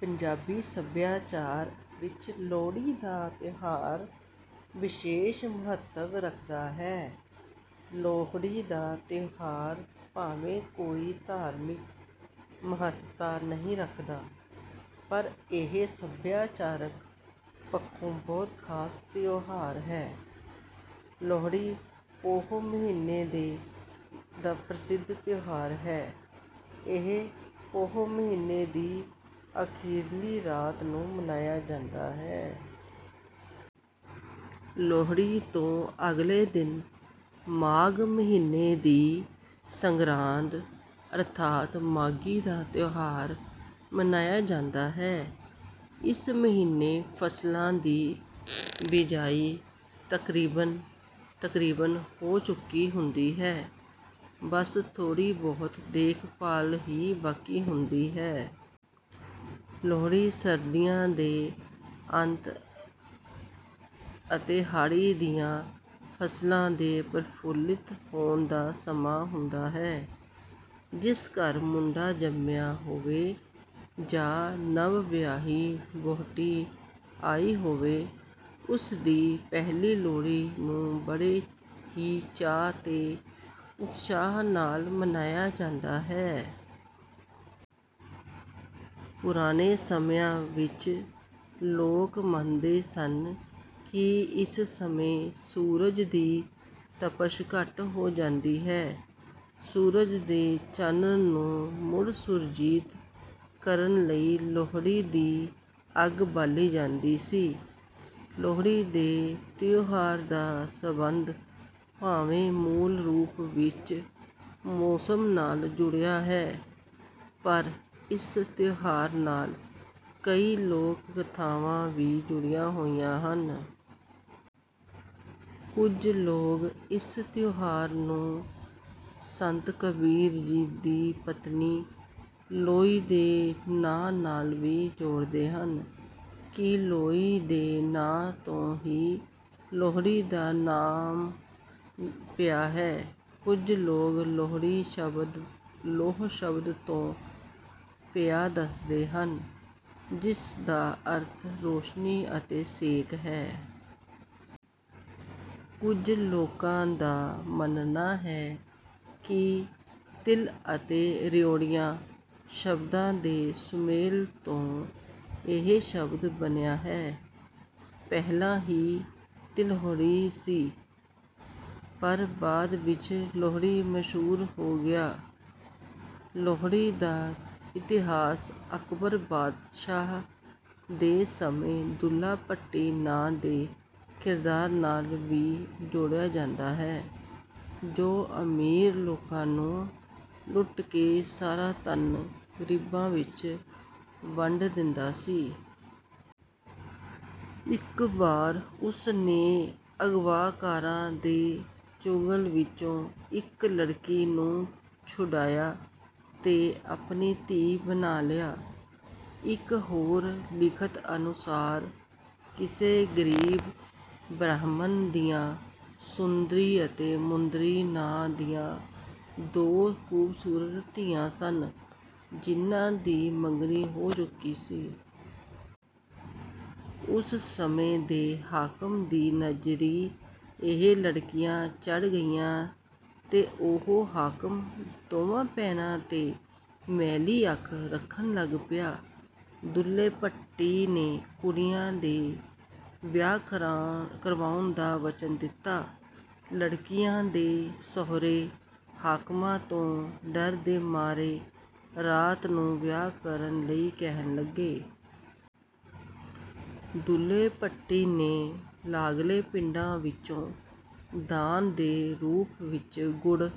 ਪੰਜਾਬੀ ਸੱਭਿਆਚਾਰ ਵਿੱਚ ਲੋਹੜੀ ਦਾ ਤਿਉਹਾਰ ਵਿਸ਼ੇਸ਼ ਮਹੱਤਵ ਰੱਖਦਾ ਹੈ। ਲੋਹੜੀ ਦਾ ਤਿਉਹਾਰ ਭਾਵੇਂ ਕੋਈ ਧਾਰਮਿਕ ਮਹੱਤਤਾ ਨਹੀਂ ਰੱਖਦਾ, ਪਰ ਇਹ ਸੱਭਿਆਚਾਰਕ ਪੱਖੋਂ ਬਹੁਤ ਖ਼ਾਸ ਤਿਉਹਾਰ ਹੈ। ਲੋਹੜੀ ਪੋਹ ਮਹੀਨੇ ਦਾ ਪ੍ਰਸਿੱਧ ਤਿਉਹਾਰ ਹੈ, ਇਹ ਪੋਹ ਮਹੀਨੇ ਦੀ ਅਖੀਰਲੀ ਰਾਤ ਨੂੰ ਮਨਾਇਆ ਜਾਂਦਾ ਹੈ। ਲੋਹੜੀ ਤੋਂ ਅਗਲੇ ਦਿਨ ਮਾਘ ਮਹੀਨੇ ਦੀ ਸੰਗਰਾਂਦ, ਅਰਥਾਤ ਮਾਘੀ ਦਾ ਤਿਉਹਾਰ, ਮਨਾਇਆ ਜਾਂਦਾ ਹੈ। ਇਸ ਮਹੀਨੇ ਫ਼ਸਲਾਂ ਦੀ ਬਿਜਾਈ ਤਕਰੀਬਨ-ਤਕਰੀਬਨ ਹੋ ਚੁੱਕੀ ਹੁੰਦੀ ਹੈ, ਬੱਸ ਥੋੜ੍ਹੀ ਬਹੁਤ ਦੇਖ ਭਾਲ ਹੀ ਬਾਕੀ ਹੁੰਦੀ ਹੈ। ਲੋਹੜੀ ਸਰਦੀਆਂ ਦੇ ਅੰਤ ਅਤੇ ਹਾੜ੍ਹੀ ਦੀਆਂ ਫ਼ਸਲਾਂ ਦੇ ਪ੍ਰਫੁੱਲਿਤ ਹੋਣ ਦਾ ਸਮਾਂ ਹੁੰਦਾ ਹੈ। ਜਿਸ ਘਰ ਮੁੰਡਾ ਜੰਮਿਆ ਹੋਵੇ ਜਾਂ ਨਵਵਿਆਹੀ ਵਹੁਟੀ ਆਈ ਹੋਵੇ, ਉਸ ਦੀ ਪਹਿਲੀ ਲੋਹੜੀ ਨੂੰ ਬੜੇ ਹੀ ਚਾਅ ਤੇ ਉਤਸ਼ਾਹ ਨਾਲ ਮਨਾਇਆ ਜਾਂਦਾ ਹੈ। ਪੁਰਾਣੇ ਸਮਿਆਂ ਵਿੱਚ ਲੋਕ ਮੰਨਦੇ ਸਨ ਕਿ ਇਸ ਸਮੇਂ ਸੂਰਜ ਦੀ ਤਪਸ਼ ਘੱਟ ਹੋ ਜਾਂਦੀ ਹੈ। ਸੂਰਜ ਦੇ ਚਾਨਣ ਨੂੰ ਮੁੜ ਸੁਰਜੀਤ ਕਰਨ ਲਈ ਲੋਹੜੀ ਦੀ ਅੱਗ ਬਾਲੀ ਜਾਂਦੀ ਸੀ। ਲੋਹੜੀ ਦੇ ਤਿਉਹਾਰ ਦਾ ਸਬੰਧ ਭਾਵੇਂ ਮੂਲ ਰੂਪ ਵਿਚ ਮੌਸਮ ਨਾਲ ਜੁੜਿਆ ਹੈ, ਪਰ ਇਸ ਤਿਉਹਾਰ ਨਾਲ ਕਈ ਲੋਕ-ਕਥਾਵਾਂ ਵੀ ਜੁੜੀਆਂ ਹੋਈਆਂ ਹਨ। ਕੁਝ ਲੋਕ ਇਸ ਤਿਉਹਾਰ ਨੂੰ ਸੰਤ ਕਬੀਰ ਜੀ ਦੀ ਪਤਨੀ 'ਲੋਈ' ਦੇ ਨਾਂਅ ਨਾਲ ਵੀ ਜੋੜਦੇ ਹਨ ਕਿ 'ਲੋਈ' ਦੇ ਨਾਂਅ ਤੋਂ ਹੀ 'ਲੋਹੜੀ' ਦਾ ਨਾਂਅ ਪਿਆ ਹੈ। ਕੁਝ ਲੋਕ ਲੋਹੜੀ ਸ਼ਬਦ 'ਲੋਹ' ਸ਼ਬਦ ਤੋਂ ਪਿਆ ਦੱਸਦੇ ਹਨ, ਜਿਸ ਦਾ ਅਰਥ ਰੌਸ਼ਨੀ ਅਤੇ ਸੇਕ ਹੈ। ਕੁਝ ਲੋਕਾਂ ਦਾ ਮੰਨਣਾ ਹੈ ਕਿ ਤਿਲ ਅਤੇ ਰਿਉੜੀਆਂ ਸ਼ਬਦਾਂ ਦੇ ਸੁਮੇਲ ਤੋਂ ਇਹ ਸ਼ਬਦ ਬਣਿਆ ਹੈ, ਪਹਿਲਾਂ ਇਹ 'ਤਿਲੋਹੜੀ' ਸੀ, ਪਰ ਬਾਅਦ ਵਿੱਚ 'ਲੋਹੜੀ' ਮਸ਼ਹੂਰ ਹੋ ਗਿਆ। ਲੋਹੜੀ ਦਾ ਇਤਿਹਾਸ ਅਕਬਰ ਬਾਦਸ਼ਾਹ ਦੇ ਸਮੇਂ 'ਦੁੱਲਾ ਭੱਟੀ' ਨਾਂਅ ਦੇ ਕਿਰਦਾਰ ਨਾਲ ਵੀ ਜੋੜਿਆ ਜਾਂਦਾ ਹੈ, ਜੋ ਅਮੀਰ ਲੋਕਾਂ ਨੂੰ ਲੁੱਟ ਕੇ ਸਾਰਾ ਧਨ ਗ਼ਰੀਬਾਂ ਵਿੱਚ ਵੰਡ ਦਿੰਦਾ ਸੀ। ਇੱਕ ਵਾਰ ਉਸ ਨੇ ਅਗਵਾਕਾਰਾਂ ਦੇ ਚੁੰਗਲ ਵਿਚੋਂ ਇੱਕ ਲੜਕੀ ਨੂੰ ਛੁਡਾਇਆ ਤੇ ਆਪਣੀ ਧੀ ਬਣਾ ਲਿਆ। ਇੱਕ ਹੋਰ ਲਿਖਤ ਅਨੁਸਾਰ ਕਿਸੇ ਗ਼ਰੀਬ ਬ੍ਰਾਹਮਣ ਦੀਆਂ ਸੁੰਦਰੀ ਤੇ ਮੁੰਦਰੀ ਨਾਂਅ ਦੀਆਂ ਦੋ ਖੂਬਸੂਰਤ ਧੀਆਂ ਸਨ, ਜਿਨ੍ਹਾਂ ਦੀ ਮੰਗਣੀ ਹੋ ਚੁੱਕੀ ਸੀ। ਉਸ ਸਮੇਂ ਦੇ ਹਾਕਮ ਦੀ ਨਜ਼ਰੀ ਇਹ ਲੜਕੀਆਂ ਚੜ੍ਹ ਗਈਆਂ ਤੇ ਉਹ ਹਾਕਮ ਦੋਵਾਂ ਭੈਣਾਂ ਤੇ ਮੈਲੀ ਅੱਖ ਰੱਖਣ ਲੱਗ ਪਿਆ। ਦੁੱਲੇ ਭੱਟੀ ਨੇ ਕੁੜੀਆਂ ਦੇ ਵਿਆਹ ਕਰਵਾਉਣ ਦਾ ਵਚਨ ਦਿੱਤਾ। ਲੜਕੀਆਂ ਦੇ ਸਹੁਰੇ ਹਾਕਮਾਂ ਤੋਂ ਡਰ ਦੇ ਮਾਰੇ ਰਾਤ ਨੂੰ ਵਿਆਹ ਕਰਨ ਲਈ ਕਹਿਣ ਲੱਗੇ। ਦੁੱਲੇ ਭੱਟੀ ਨੇ ਲਾਗਲੇ ਪਿੰਡਾਂ ਵਿਚੋਂ ਦਾਨ ਦੇ ਰੂਪ ਵਿੱਚ ਗੁੜ